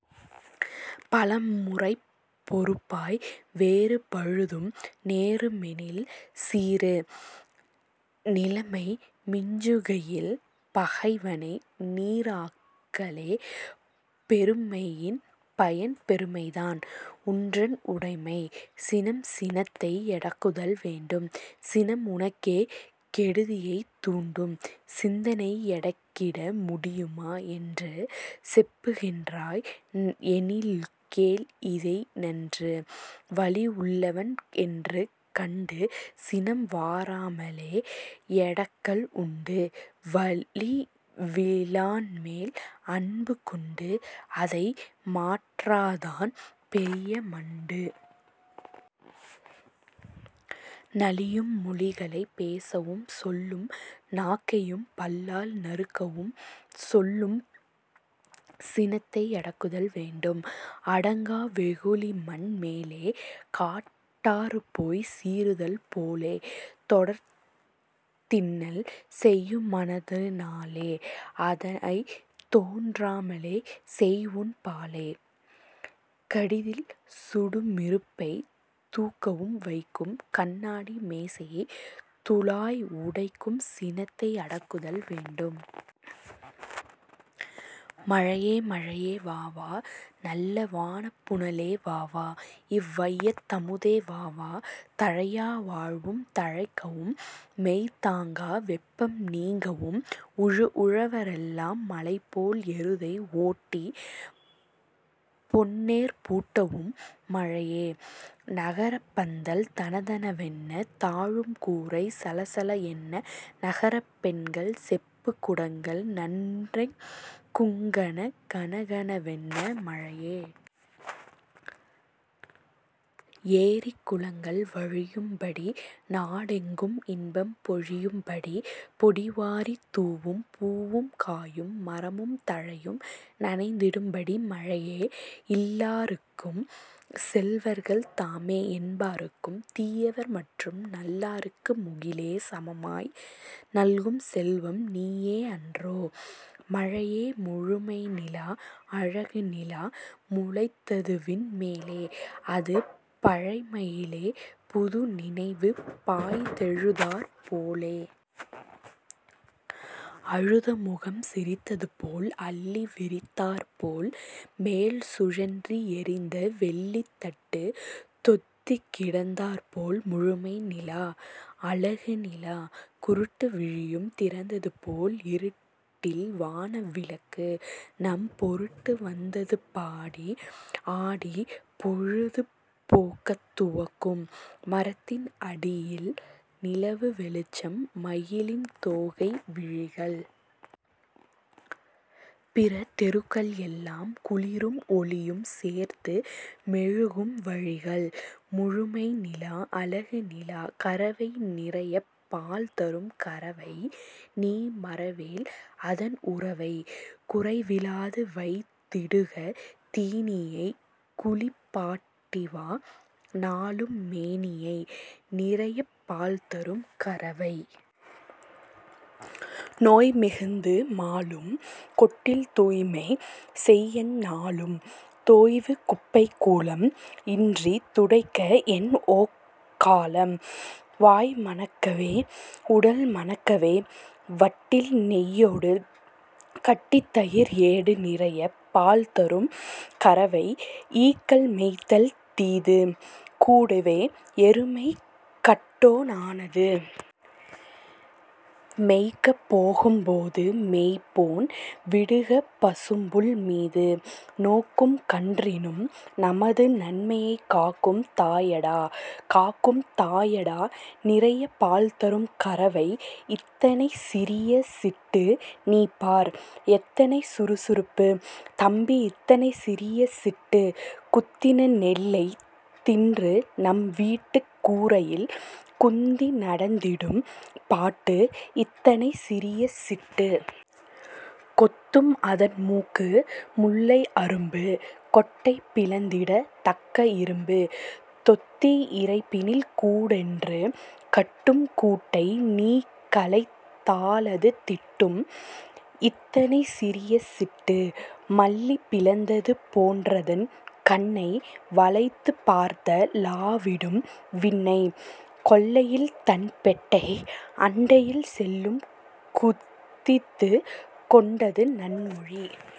பலமுறை பொறுப்பாய் வேறு பழுதும் நேருமெனில் சீறு! நிலைமை மிஞ்சுகையில் பகைவனை நீறாக்கலே பொறுமையின் பயன் பொறுமைதான் உன்றன் உடைமை! சினம் சினத்தை யடக்குதல் வேண்டும் -- சினம் உனக்கே கெடுதியைத் தூண்டும்! சினத்தினை யடக்கிட முடியுமா என்று செப்புகின்றாய் எனில்கேள் இதை நன்று। வலிவுள்ளவன் என்று கண்டு -- சினம் வாராமலே யடக்கல் உண்டு; வலிவிலான்மேல் அன்பு கொண்டு -- அதை மாற்றாதான் பெரிய மண்டு! நலியும் மொழிகளைப் பேசவும் சொல்லும் நாக்கையும் பல்லால் நறுக்கவும் சொல்லும் சினத்தை யடக்குதல் வேண்டும்! அடங்கா வெகுளிமண் மேலே -- காட் டாறுபோய்ச் சீறுதல் போலே, தொடர்ந்தின்னல் செய்யுமதனாலே -- அதைத் தோன்றாமலே செய்உன் பாலே! கடிதில் சுடுமிரும்பைத் தூக்கவும் வைக்கும் கண்ணாடி மேசையைத் தூளாய் உடைக்கும் சினத்தை யடக்குதல் வேண்டும்! மழையே மழையே வா வா -- நல்ல வானப்புனலே வா வா! --இவ் வையத்தமுதே வாவா! தழையா வாழ்வும் தழைக்கவும் -- மெய் தாங்கா வெப்பம் நீங்கவும் உழுவாரெல்லாம் மலைபோல் எருதை ஓட்டிப் பொன்னேர் பூட்டவும் மழையே... தகரப்பந்தல் தணதண வென்னத் தாழும் குடிசை சளசள என்ன நகரப்பெண்கள் செப்புக் குடங்கள் நன்றெங் குங்கண கணகண வென்ன மழையே... ஏரி குளங்கள் வழியும்படி, நா டெங்கும் இன்பம் பொழியும்படி, பொடி வாரித்தூவும் பூவும் காயும் மரமும் தழையும் நனைந்திடும்படி மழையே... இல்லாருக்கும், செல்வர்கள் தாமே என்பாருக்கும், தீயவர் மற்றும் நல்லாருக்கும் முகிலே சமமாய் நல்கும் செல்வம் நீயேயன்றோ? மழையே... முழுமை நிலா! அழகு நிலா! முளைத்ததுவிண் மேலே --அது பழைமையிலே புதுநினைவு பாய்ந்தெழுந்தாற் போலே! அழுதமுகம் சிரித்ததுபோல் அல்லி விரித்தாற் போல் -- மேல் சுழற்றி எறிந்த வெள்ளித்தட்டுத் தொத்திக்கிடந் தாற்போல் முழுமை நிலா! அழகு நிலா! குருட்டு விழியும் திறந்ததுபோல் இருட்டில் வான விளக்கு! -- நம் பொருட்டு வந்ததுபாடி ஆடிப் பொழுது போக்கத் துவக்கு! மரத்தின் அடியில் நிலவு வெளிச்சம் மயிலின் தோகை விழிகள்! -- பிற தெருக்கள் எல்லாம் குளிரும் ஒளியும் சேர்த்து மெழுகும் வழிகள்! முழுமை நிலா! அழகு நிலா! கறவை நிறையப் பால் தரும் கறவை -- நீ மறவேல் அதன் உறவை! குறைவிலாது வைத் திடுக தீனியைக் குளிப் பாட்டிவா நாளும் மேனியை! நிறையப் பால்தரும் கறவை! நோய் மிகுத்து மாளும்! -- கொட்டில் தூய்மை செய்எந் நாளும்! தோய்வு குப்பை கூளம் -- இன்றித் துடைக்க என் ஓக்காளம்? வாய் மணக்கவே, உடல் மணக்கவே வட்டில் நெய்யோடு கட்டித்தயிர் ஏடு நிறையப் பால்தரும் கறவை! ஈக்கள் மொய்த்தல் தீது! -- கூடவே எருமை கட்டொ ணாது! மேய்க்கப் போகும் போது -- மேய்ப்போன் விடுக பசும்புல் மீது! நோக்கும் கன்றினும், நமது நன்மையைக் காக்கும் தாயடா! காக்கும் தாயடா! நிறையப் பால்தரும் கறவை! இத்தனைச் சிறிய சிட்டு! -- நீபார்! எத்தனை சுறுசுறுப்பு! -- தம்பி இத்தனைச் சிறிய சிட்டு! குத்தின நெல்லைத் தின்றுநம் வீட்டுக் கூரையில் குந்தி நடத்திடும் பாட்டு இத்தனைச் சிறிய சிட்டு! கொத்தும் அதன்மூக்கு முல்லை அரும்பு கொட்டை பிளந்திடத் தக்க இரும்பு! தொத்தி இறைப்பினில் கூடொன்று கட்டும் கூட்டை நீ கலைத் தாலது திட்டும்! இத்தனைச் சிறிய சிட்டு! மல்லி பிளந்தது போன்றதன் கண்ணை வளைத்துப் பார்த்த ளாவிடும் விண்ணை! கொல்லையில் தன் பெட்டை அண்டையில் செல்லும் குதித்துக் கொண்டது நன்மொழி